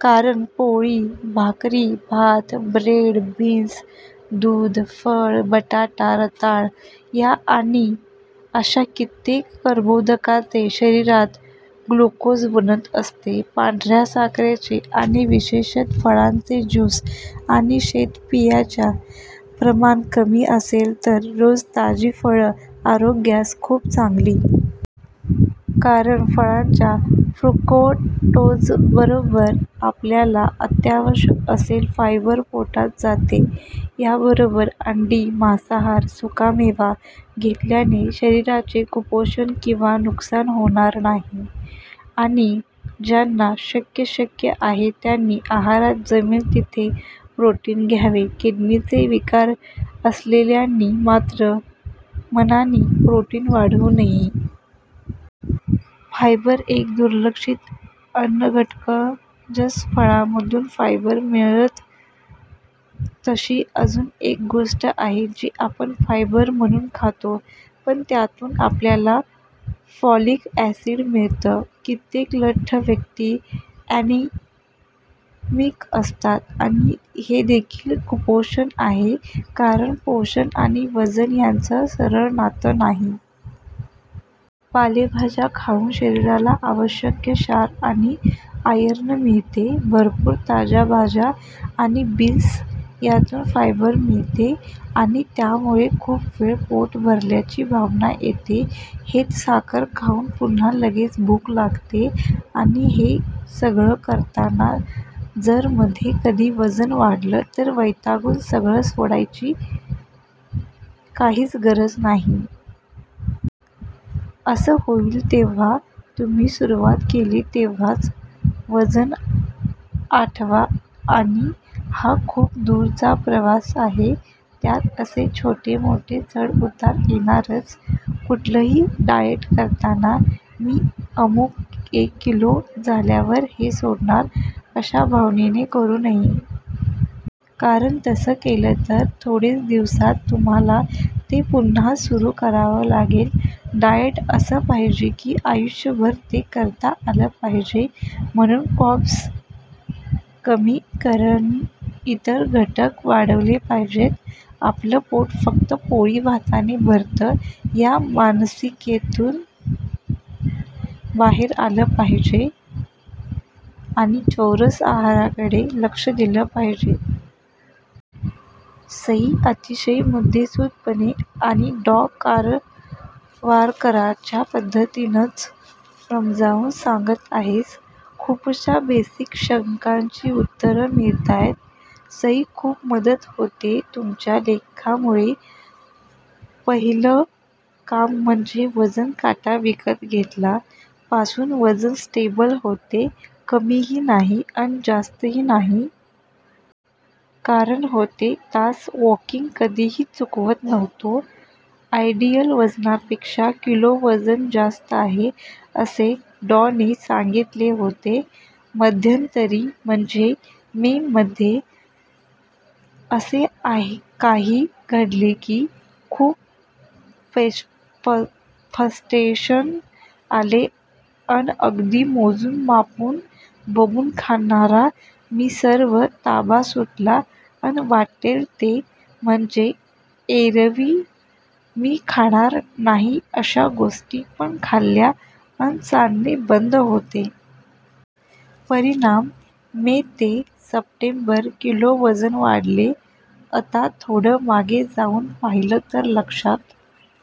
कारण पोळी, भाकरी, भात, ब्रेड, बीन्स, दूध, फळं, बटाटा, रताळं या आणि अशा कित्येक कर्बोदकांचे शरीरात ग्लुकोज बनत असते. पांढऱ्या साखरेचे आणि विशेषतः फळांचे जूस आणि शीतपेयांच्या प्रमाण कमी असेल तर रोज ताजी फळं आरोग्यास खूप चांगली. कारण फळांच्या फ्रुकटोजबरोबर आपल्याला अत्यावश्यक असेल फायबर पोटात जाते. याबरोबर अंडी, मांसाहार, सुकामेवा घेतल्याने शरीराचे कुपोषण किंवा नुकसान होणार नाही. आणि ज्यांना शक्य शक्य आहे त्यांनी आहारात जमेल तिथे प्रोटीन घ्यावे. किडनीचे विकार असलेल्यांनी मात्र मनानी प्रोटीन वाढवू नये. फायबर: एक दुर्लक्षित अन्नघटकजसं फळांमधून फायबर मिळतं तशी अजून एक गोष्ट आहे जी आपण फायबर म्हणून खातो पण त्यातून आपल्याला फॉलीक ऍसिड मिळतं. कित्येक लठ्ठ व्यक्ती ऍनिमिक असतात. आणि हेदेखील कुपोषण आहे. कारण पोषण आणि वजन याचं सरळ नातं नाही. पालेभाज्या खाऊन शरीराला आवश्यक क्षार आणि आयर्न मिळते. भरपूर ताज्या भाज्या आणि बीन्स यातून फायबर मिळते आणि त्यामुळे खूप वेळ पोट भरल्याची भावना येते. हेच साखर खाऊन पुन्हा लगेच भूक लागते. आणि हे सगळं करताना जर मध्ये कधी वजन वाढलं, तर वैतागून सगळं सोडायची काहीच गरज नाही. असं होईल तेव्हा तुम्ही सुरुवात केली तेव्हाच वजन आठवा. आणि हा खूप दूरचा प्रवास आहे. त्यात असे छोटे मोठे चढ उतार येणारच! कुठलंही डाएट करताना "मी अमुक एक किलो झाल्यावर हे सोडणार" अशा भावनेने करू नये. कारण तसं केलं तर थोडेच दिवसात तुम्हाला ते पुन्हा सुरु करावं लागेल. डाएट असं पाहिजे की आयुष्यभर ते करता आलं पाहिजे. म्हणून कार्ब्स कमी करून इतर घटक वाढवले पाहिजेत. आपलं पोट फक्त पोळी, भाताने भरतं या मानसिकतेतून बाहेर आलं पाहिजे आणि चौरस आहाराकडे लक्ष दिलं पाहिजे. सई, अतिशय मुद्देसुदपणे आणि डॉ. कारवारकरांच्या पद्धतीनंच समजावून सांगत आहेस. खुपशा बेसिक शंकांची उत्तरं मिळतायत. सई खूप मदत होतीये तुमच्या लेखांमुळे. पहीलं काम म्हणजे वजन काटा विकत घेतला. पासून वजन स्टेबल होते. कमीही नाही अन जास्तही नाही. कारण होते तास वॉकींग. कधीही चुकवत नव्हतो. आयडीयल वजनापेक्षा किलो वजन जास्त आहे असे डॉ ने सांगितले होते. मध्यंतरी म्हणजे मे मधे असे काही घडले की खुप फ्रस्टेशन आले अन अगदी मोजुन मापुन बघुन खाणारा मीसर्व ताबा सुटला अन वाट्टेल ते म्हणजे एअरवी मी खाणार नाही अशा गोष्टी पण खाल्ल्या अन चालणे बंद होते. परीणाम मे ते सप्टेबर. किलो वजन वाढले. अता थोडं मागे जाउन पाहीलं तर लक्षात